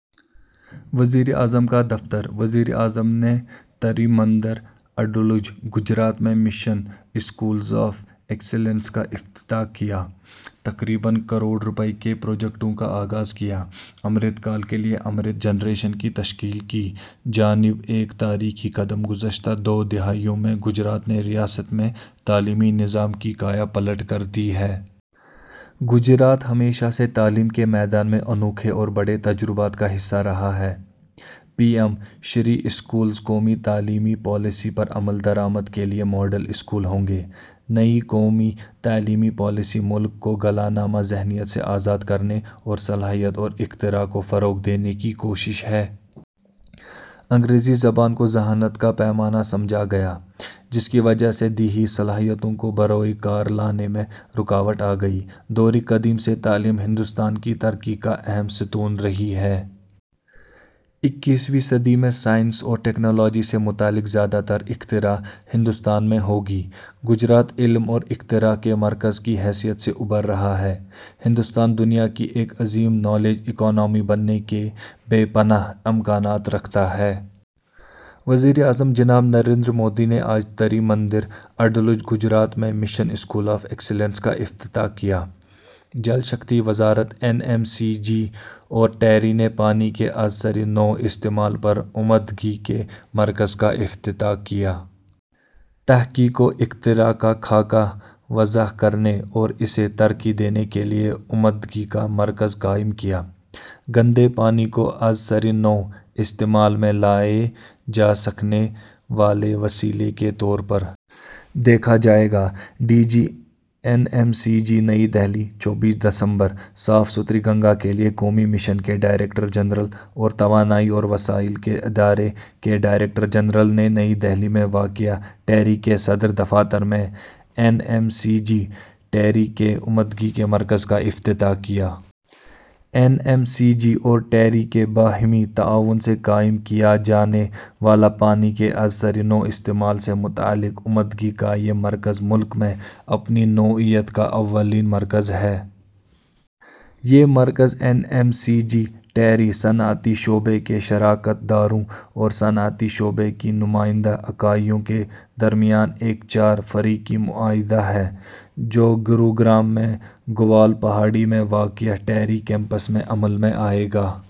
وزیراعظم کا دفتر وزیر اعظم نے تری مندر، اڈلج، گجرات میں مشن اسکولز آف ایکسیلنس کا افتتاح کیا۔ تقریباً کروڑ روپے کے پروجیکٹوں کا آغاز کیا۔ امرت کال کے لیے امرت جنریشن کی تشکیل کی جانب ایک تاریخی قدم گزشتہ دو دہائیوں میں گجرات نے ریاست میں تعلیمی نظام کی کایا پلٹ کر دی ہے۔ گجرات ہمیشہ سے تعلیم کے میدان میں انوکھے اور بڑے تجربات کا حصہ رہا ہے۔ پی ایم- شری اسکولز قومی تعلیمی پالیسی پر عمل درآمد کے لیے ماڈل اسکول ہوں گے۔ نئی قومی تعلیمی پالیسی ملک کو غلامانہ ذہنیت سے آزاد کرنے اور صلاحیت اور اختراع کو فروغ دینے کی کوشش ہے۔ انگریزی زبان کو ذہانت کا پیمانہ سمجھا گیا، جس کی وجہ سے دیہی صلاحیتوں کو بروئے کار لانے میں رکاوٹ آگئی۔ دورِ قدیم سے تعلیم ہندوستان کی ترقی کا اہم ستون رہی ہے۔ اکیسویں صدی میں سائنس اور ٹیکنالوجی سے متعلق زیادہ تر اختراع ہندوستان میں ہوگی۔ گجرات علم اور اختراع کے مرکز کی حیثیت سے ابھر رہا ہے۔ ہندوستان دنیا کی ایک عظیم نالج اکانومی بننے کے بے پناہ امکانات رکھتا ہے۔ وزیر اعظم جناب نریندر مودی نے آج تری مندر، اڈلج، گجرات میں مشن اسکول آف ایکسیلنس کا افتتاح کیا۔ جل شکتی وزارت این ایم سی جی اور ٹیری نے پانی کے ازسرِ نو استعمال پر عمدگی کے مرکز کا افتتاح کیا۔ تحقیق و اختراع کا خاکہ وضع کرنے اور اسے ترقی دینے کے لیے عمدگی کا مرکز قائم کیا۔ گندے پانی کو ازسرِ نو استعمال میں لائے جا سکنے والے وسیلے کے طور پر دیکھا جائے گا: D G, N M C G نئی دہلی، چوبیس دسمبر: صاف ستھری گنگا کے لیے قومی مشن کے ڈائریکٹر جنرل اور توانائی اور وسائل کے ادارے کے ڈائریکٹر جنرل نے نئی دہلی میں واقع ٹیری کے صدر دفاتر میں این ایم سی جی-ٹیری کے عمدگی کے مرکز کا افتتاح کیا۔ این ایم سی جی اور ٹیری کے باہمی تعاون سے قائم کیا جانے والا پانی کے ازسرِ نو استعمال سے متعلق عمدگی کا یہ مرکز ملک میں اپنی نوعیت کا اولین مرکز ہے۔ یہ مرکز N M C G, TERI, صنعتی شعبے کے شراکت داروں اور صنعتی شعبے کی نمائندہ اکائیوں کے درمیان ایک چار فریقی معاہدہ ہے، جو گروگرام میں گوال پہاڑی میں واقع ٹیری کیمپس میں عمل میں آئے گا۔